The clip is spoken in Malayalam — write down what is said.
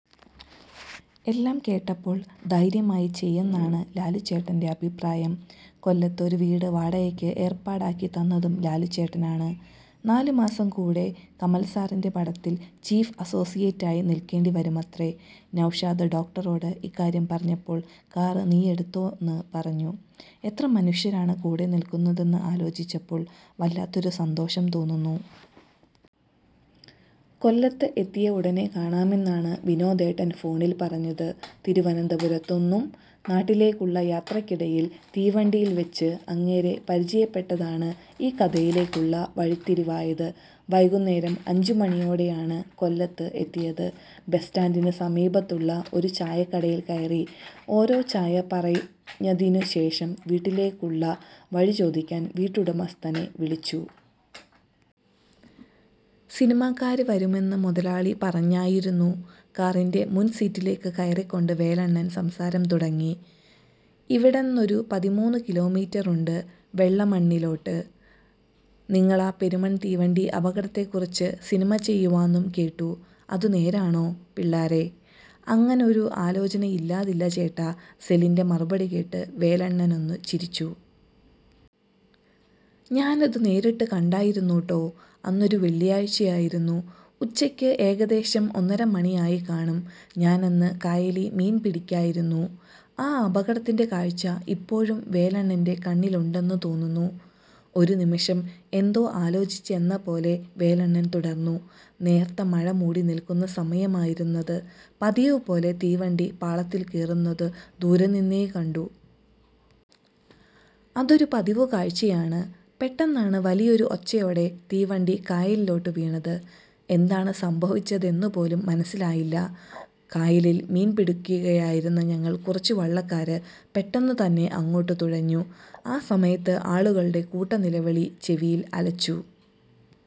എല്ലാം കേട്ടപ്പോൾ ധൈര്യമായി ചെയ്യെന്നാണ് ലാലുച്ചേട്ടന്റെ അഭിപ്രായം. കൊല്ലത്ത് ഒരു വീട് വാടകയ്ക്ക് ഏർപ്പാടാക്കി തന്നതും ലാലുച്ചേട്ടനാണ്. നാലുമാസം കൂടെ കമൽസാറിന്റെ പടത്തിൽ ചീഫ് അസോസിയേറ്റായി നിൽക്കേണ്ടി വരുമത്രേ. നൗഷാദ് ഡോക്ടറോട് ഇക്കാര്യം പറഞ്ഞപ്പോൾ 'കാറ് നീയെടുത്തോന്ന്' പറഞ്ഞു. എത്ര മനുഷ്യരാണ് കൂടെ നിൽക്കുന്നതെന്നു ആലോചിച്ചപ്പോൾ വല്ലാത്തൊരു സന്തോഷം തോന്നുന്നു. കൊല്ലത്ത് എത്തിയ ഉടനെ കാണാമെന്നാണ് വിനോദേട്ടൻ ഫോണിൽ പറഞ്ഞത്. തിരുവനന്തപുരത്തുന്നും നാട്ടിലേക്കുള്ള യാത്രയ്ക്കിടയിൽ തീവണ്ടിയിൽ വെച്ച് അങ്ങേരെ പരിചയപ്പെട്ടതാണ് ഈ കഥയിലേക്കുള്ള വഴിത്തിരിവായത്. വൈകുന്നേരം അഞ്ചുമണിയോടെയാണ് കൊല്ലത്ത് എത്തിയത്. ബസ്സ്റ്റാന്റിനു സമീപത്തുള്ള ഒരു ചായക്കടയിൽ കയറി. ഓരോ ചായ പറഞ്ഞതിനു ശേഷം വീട്ടിലേക്കുള്ള വഴി ചോദിക്കാൻ വീട്ടുടമസ്ഥനെ വിളിച്ചു. സിനിമക്കാര് വരുമെന്ന് മൊതലാളി പറഞ്ഞായിരുന്നു. " കാറിന്റെ മുൻസീറ്റിലേക്ക് കയറിക്കൊണ്ട് വേലണ്ണൻ സംസാരം തുടങ്ങി. "ഇവിടെന്നൊരു പതിമൂന്നു കിലോമീറ്ററുണ്ട് വെള്ളമണ്ണിലോട്ട്. നിങ്ങളാ പെരുമൺ തീവണ്ടി അപകടത്തെക്കുറിച്ച് സിനിമ ചെയ്യുവാന്നും കേട്ടു. അതു നേരാണോ? പിള്ളാരെ" "അങ്ങനൊരു ആലോചനയില്ലാതില്ല ചേട്ടാ. " സെലിന്റെ മറുപടി കേട്ട് വേലണ്ണനൊന്നു ചിരിച്ചു. "ഞാനതു നേരിട്ട് കണ്ടായിരുന്നുട്ടോ... അന്നൊരു വെള്ളിയാഴ്ചയായിരുന്നു. ഉച്ചയ്ക്ക് ഏകദേശം ഒന്നര മണിയായിക്കാണും. ഞാനന്ന് കായലീ മീൻ പിടിക്കായിരുന്നു" ആ അപകടത്തിന്റെ കാഴ്ച ഇപ്പോഴും വേലണ്ണന്റെ കണ്ണിലുണ്ടെന്നു തോന്നുന്നു. ഒരുനിമിഷം എന്തോ ആലോചിച്ചെന്ന പോലെ വേലണ്ണൻ തുടർന്നു. "നേർത്ത മഴ മൂടിനിൽക്കുന്ന സമയമായിരുന്നത്. പതിവുപോലെ തീവണ്ടി പാളത്തിൽ കേറുന്നതു ദൂരെനിന്നേ കണ്ടു. അതൊരു പതിവു കാഴ്ചയാണ് പെട്ടന്നാണ് വലിയൊരു ഒച്ചയോടെ തീവണ്ടി കായലിലോട്ട് വീണത്. എന്താണു സംഭവിച്ചതെന്നു പോലും മനസിലായില്ല. കായലിൽ മീൻപിടിക്കുകയായിരുന്ന ഞങ്ങൾ കുറച്ചുവള്ളക്കാര് പെട്ടെന്നു തന്നെ അങ്ങോട്ടു തുഴഞ്ഞു. ആ സമയത്ത് ആളുകളുടെ കൂട്ടനിലവിളി ചെവിയിൽ അലച്ചു.